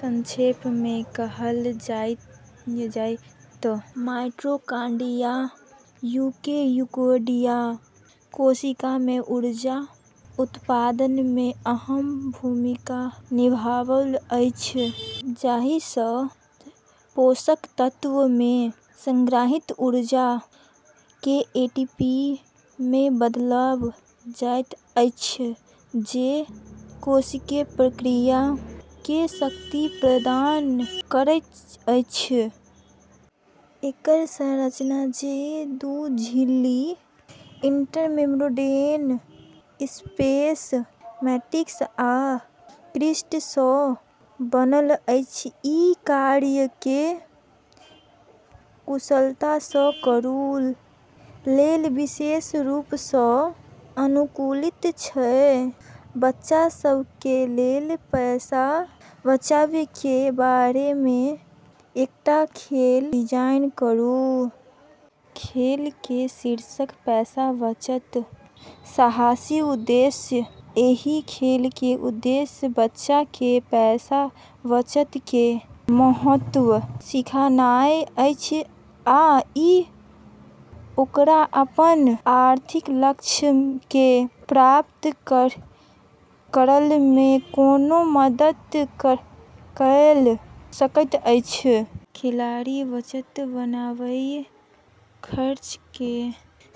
संक्षेप मे कहल जाय त' माइटोकॉन्ड्रिया यूकेरियोटिक कोशिका मे ऊर्जा उत्पादन मे अहम भूमिका निभाबैत अछि, जाहि सँ पोषक तत्व मे संग्रहीत ऊर्जा के एटीपी मे बदलल जाय छै, जे कोशिकीय प्रक्रिया के शक्ति प्रदान करैत अछि। एकर संरचना, जे दू झिल्ली, इंटरमेम्ब्रेन स्पेस, मैट्रिक्स आ क्रिस्टे सँ बनल छै, ई कार्य के कुशलता सँ करै लेल विशेष रूप सँ अनुकूलित छै। बच्चा सब के लेल पैसा बचाबय के बारे मे एकटा खेल डिजाइन करू। खेल के शीर्षक: पैसा-बचत साहसिक। उद्देश्य: एहि खेल के उद्देश्य बच्चा के पैसा बचत के महत्व सिखानाय अछि आ इ ओकरा अपन आर्थिक लक्ष्य के प्राप्त करय मे कोना मदद कए सकैत अछि। खिलाड़ी बजट बनाबय, खर्च के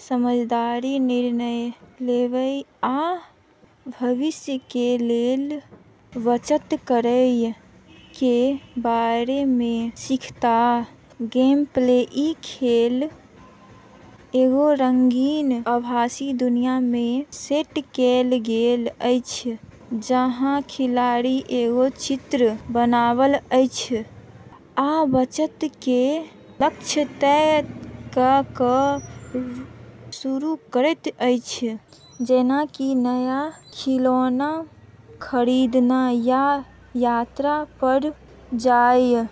समझदार निर्णय लेबय, आ भविष्य के लेल बचत करय के बारे मे सीखताह। गेमप्ले: ई खेल एगो रंगीन आभासी दुनिया मे सेट कएल गेल अछि, जहाँ खिलाड़ी एगो चरित्र बनाबैत अछि आ बचत के लक्ष्य तय क' क' शुरू करैत अछि, जेना कि नया खिलौना खरीदना या यात्रा पर जाय।